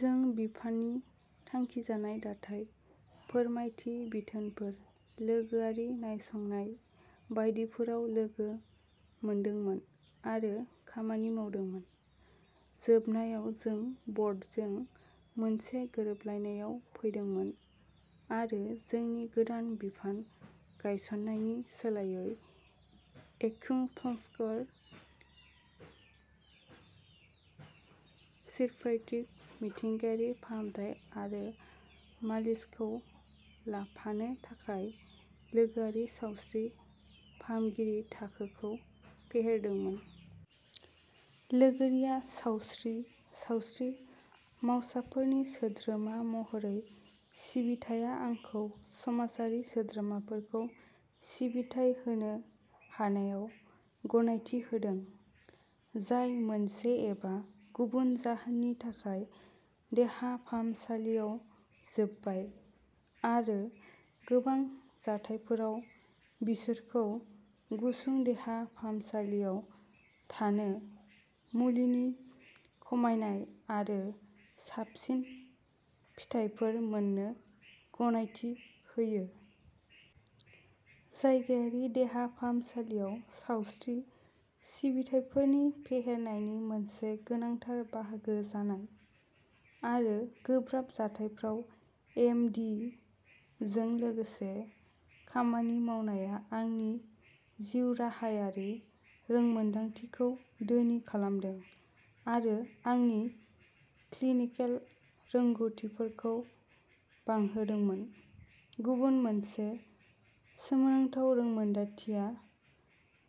जों बिफाननि थांखिजानाय दाथाइ, फोरमायथि बिथोनफोर, लोगोआरि नायसंनाय बायदिफोराव लोगो मोनदोंमोन आरो खामानि मावदोंमोन। जोबनायाव, जों बर्डजों मोनसे गोरोबलायनायाव फैदोंमोन आरो जोंनि गोदान बिफान गायसननायनि सोलायै, एक्युपंक्चर, चिरप्रैक्टिक, मिथिंगायारि फाहामथाय आरो मालिसखौ लाफानो थाखाय लोगोआरि सावस्रि फाहामगिरि थाखोखौ फेहेरदोंमोन। लोगोरिया सावस्रि सावस्रि मावसाफोरनि सोद्रोमा महरै सिबिथाया आंखौ समाजारि सोद्रोमाफोरखौ सिबिथाइ होनो हानायाव गनायथि होदों, जाय मोनसे एबा गुबुन जाहोननि थाखाय, देहा फाहामसालियाव जोबबाय आरो गोबां जाथायफोराव बिसोरखौ गुसुं देहा फाहामसालियाव थानो, मुलिनि खमायनाय आरो साबसिन फिथायफोर मोननो गनायथि होयो। जायगायारि देहा फाहामसालियाव सावस्रि सिबिथाइफोरनि फेहेरनायनि मोनसे गोनांथार बाहागो जानाय आरो गोब्राब जाथायफोराव एम डि जों लोगोसे खामानि मावनाया आंनि जिउराहायारि रोंमोनदांथिखौ धोनि खालामदों आरो आंनि क्लिनिकेल रोंग'थिफोरखौ बांहोदोंमोन। गुबुन मोनसे सोमोनांथाव रोंमोनदांथिया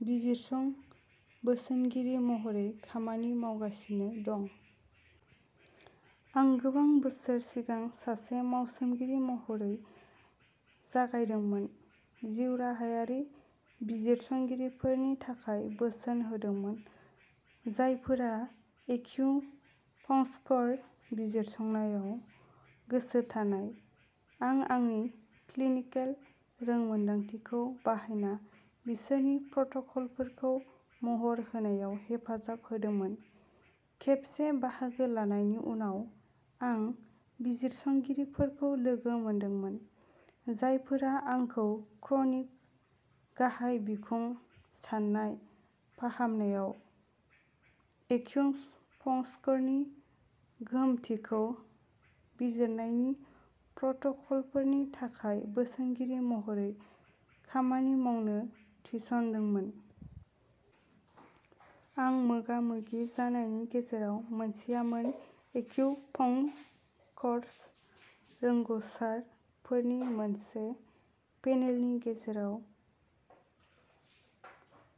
बिजिरसं बोसोनगिरि महरै खामानि मावगासिनो दं। आं गोबां बोसोर सिगां सासे मावसोमगिरि महरै जागायदोंमोन, जिउराहायारि बिजिरसंगिरिफोरनि थाखाय बोसोन होदोंमोन जायफोरा एक्युपंचकर बिजिरसंनायाव गोसो थानाय। आं आंनि क्लिनिकेल रोंमोनदांथिखौ बाहायना बिसोरनि प्रट'कलफोरखौ महर होनायाव हेफाजाब होदोंमोन। खेबसे बाहागो लानायनि उनाव, आं बिजिरसंगिरिफोरखौ लोगो मोनदोंमोन, जायफोरा आंखौ क्रनिक गाहाय बिखुं साननाय फाहामनायाव एक्युपंचकरनि गोहोमथिखौ बिजिरनायनि प्रट'कलफोरनि थाखाय बोसोनगिरि महरै खामानि मावनो थिसनदोंमोन। आं मोगा-मोगि जानायनि गेजेराव मोनसेआमोन एक्युपंकर्स रोंग'सार फोरनि मोनसे पेनेलनि गेजेराव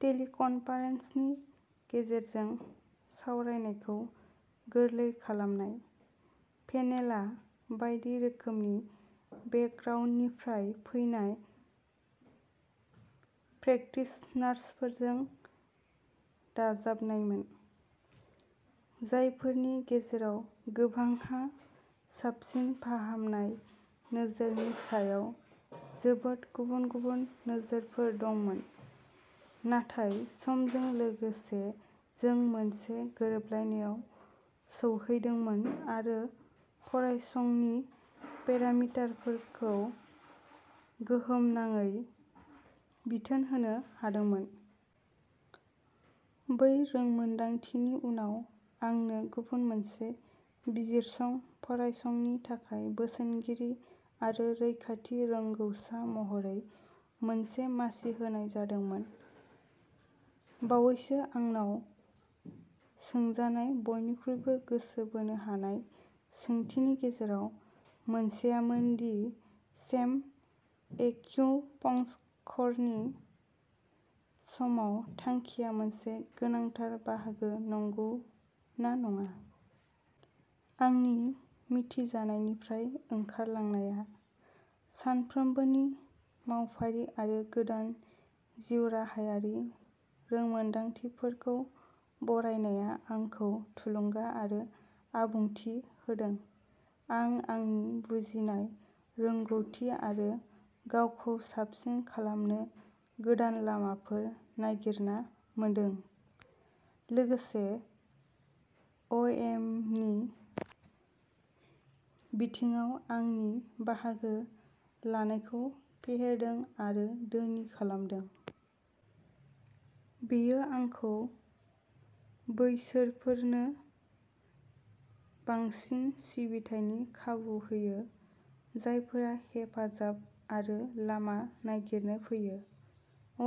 टेलिकनफारेन्सनि गेजेरजों सावरायनायखौ गोरलै खालामनाय। पेनेलआ बायदि रोखोमनि बेकग्राउन्डनिफ्राय फैनाय प्रेकटिशनार्सफोरजों दाजानायमोन, जायफोरनि गेजेराव गोबांहा साबसिन फाहामनाय नोजोरनि सायाव जोबोद गुबुन-गुबुन नोजोरफोर दंमोन, नाथाय समजों लोगोसे जों मोनसे गोरोबलायनायाव सौहैदोंमोन आरो फरायसंनि पेरामिटारफोरखौ गोहोम नाङै बिथोन होनो हादोंमोन। बै रोंमोनदांथिनि उनाव, आंनो गुबुन मोनसे बिजिरसं फरायसंनि थाखाय बोसोनगिरि आरो रैखाथि रोंग'सार महरै मोनसे मासि होनाय जादोंमोन। बावैसो आंनाव सोंजानाय बयनिख्रुइबो गोसो बोनो हानाय सोंथिनि गेजेराव मोनसेआमोन दि शेम एक्युपंकरनि समाव थांखिया मोनसे गोनांथार बाहागो नंगौना नङा। आंनि मिथिजानायनिफ्राय ओंखारलांनाया। सानफ्रोमबोनि मावफारि आरो गोदान जिउराहायारि रोंमोनदांथिफोरखौ बरायनाया आंखौ थुलुंगा आरो आबुंथि होदों। आं आंनि बुजिनाय, रोंग'थि आरो गावखौ साबसिन खालामनो गोदान लामाफोर नागिरना मोनदों, लोगोसे अ'एमनि बिथिङाव आंनि बाहागो लानायखौ फेहेरदों आरो धोनि खालामदों। बेयो आंखौ बैसोरफोरनो बांसिन सिबिथायनि खाबु होयो जायफोरा हेफाजाब आरो लामा नागिरनो फैयो।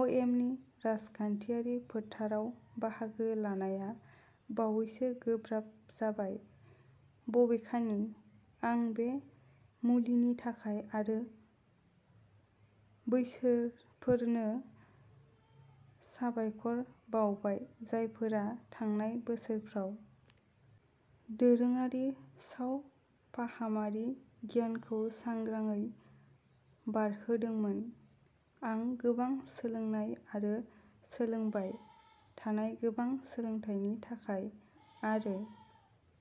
अ'एमनि राजखान्थियारि फोथाराव बाहागो लानाया बावैसो गोब्राब जाबाय। बबेखानि, आं बे मुलिनि थाखाय आरो बैसोरफोरनो साबायखर बावबाय जायफोरा थांनाय बोसोरफोराव दोरोङारि सावफाहामारि गियानखौ सांग्राङै बारहोदोंमोन, आं गोबां सोलोंनाय आरो सोलोंबाय थानाय गोबां सोलोंथायनि थाखाय, आरो